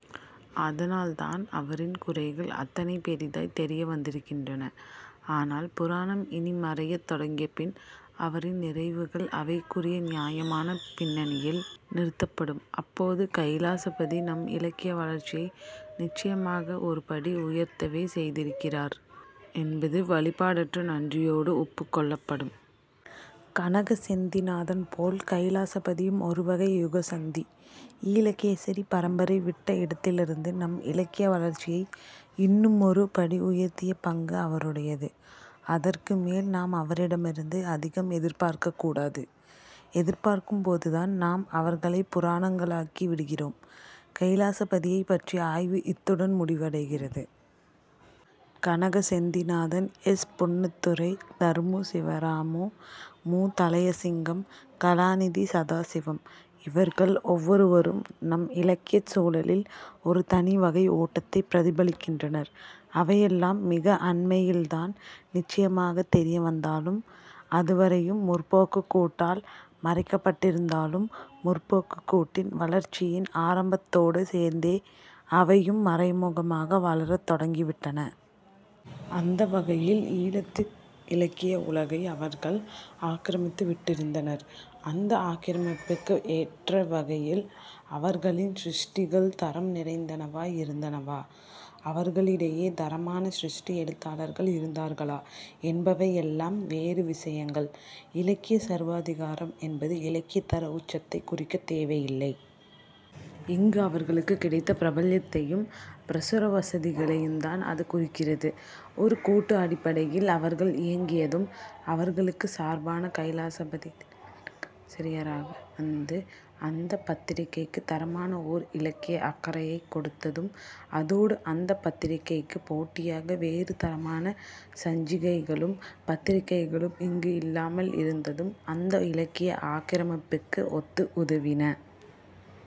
அதனால்தான் அவரின் குறைகள் அத்தனை பெரிதாய்த் தெரிய வந்திருக்கின்றன. ஆனால் புராணம் இனி மறையத் தொடங்கிய பின் அவரின் நிறைவுகள் அவைக்குரிய நியாயமான பின்னணியில் நிறுத்தப்படும். அப்போது கைலாசபதி நம் இலக்கிய வளர்ச்சியை நிச்சயமாக ஒரு படி உயர்த்தவே செய்திருக்கிறார் என்பது வழிபாடற்ற நன்றியோடு ஒப்புக்கொள்ளப்படும். கனக செந்திநாதன்போல் கைலாசபதியும் ஒருவகை யுகசந்தி. 'ஈழகேசரி' பரம்பரை விட்ட இடத்திலிருந்து நம் இலக்கிய வளர்ச்சியை இன்னுமொரு படி உயர்த்திய பங்கு அவருடையது. அதற்கு மேல் நாம் அவரிடமிருந்து அதிகம் எதிர்பார்க்கக் கூடாது. எதிர்பார்க்கும்போதுதான் நாம் அவர்களைப் புராணங்களாக்கி விடுகிறோம். கைலாசபதியைப் பற்றிய ஆய்வு இத்துடன் முடிவடைகிறது. கனக செந்திநாதன், எஸ். பொன்னுத்துரை, தர்மு சிவராமு, மு. தளையசிங்கம், கலாநிதி சதாசிவம். இவர்கள் ஒவ்வொருவரும் நம் இலக்கியச் சூழலில் ஒரு தனி வகை ஓட்டத்தைப் பிரதிபலிக்கின்றனர். அவையெல்லாம் மிக அண்மையில்தான் நிச்சயமாகத் தெரிய வந்தாலும் அதுவரையும் 'முற்போக்கு'க் கூட்டால் மறைக்கப்பட்டிருந்தாலும் 'முற்போக்கு'க் கூட்டின் வளர்ச்சியின் ஆரம்பத்தோடு சேர்ந்தே அவையும் மறைமுகமாக வளரத் தொடங்கிவிட்டன. அந்த வகையில் ஈழத்து இலக்கிய உலகை அவர்கள் ஆக்கிரமித்துவிட்டிருந்தனர். அந்த ஆக்கிரமிப்புக்கு எற்ற வகையில் அவர்களின் சிருஷ்டிகள் தரம் நிறைந்தனவாய் இருந்தனவா, அவர்களிடையே தரமான சிருஷ்டி எழுத்தாளர்கள் இருந்தார்களா என்பவை எல்லாம் வேறு விசயங்கள். இலக்கியச் சர்வாதிகாரம் என்பது இலக்கியத் தர உச்சத்தைக் குறிக்கத் தேவையில்லை. இங்கு அவர்களுக்குக் கிடைத்த பிரபல்யத்தையும் பிரசுர வசதிகளையுந்தான் அது குறிக்கிறது. ஒரு கூட்டு அடிப்படையில் அவர்கள் இயங்கியதும், அவர்களுக்குச் சார்பான கைலாசபதி 'தினகரனு'க்கு ஆசிரியராக வந்து அந்தப் பத்திரிகைக்குத் தரமான ஒர் இலக்கிய அக்கறையைக் கொடுத்ததும், அதோடு அந்தப் பத்திரிகைக்குப் போட்டியாக வேறு தரமான சஞ்சிகைகளும் பத்திரிகைகளும் இங்கு இல்லாமல் இருந்ததும் அந்த இலக்கிய ஆக்கிரமிப்புக்கு ஒத்து உதவின.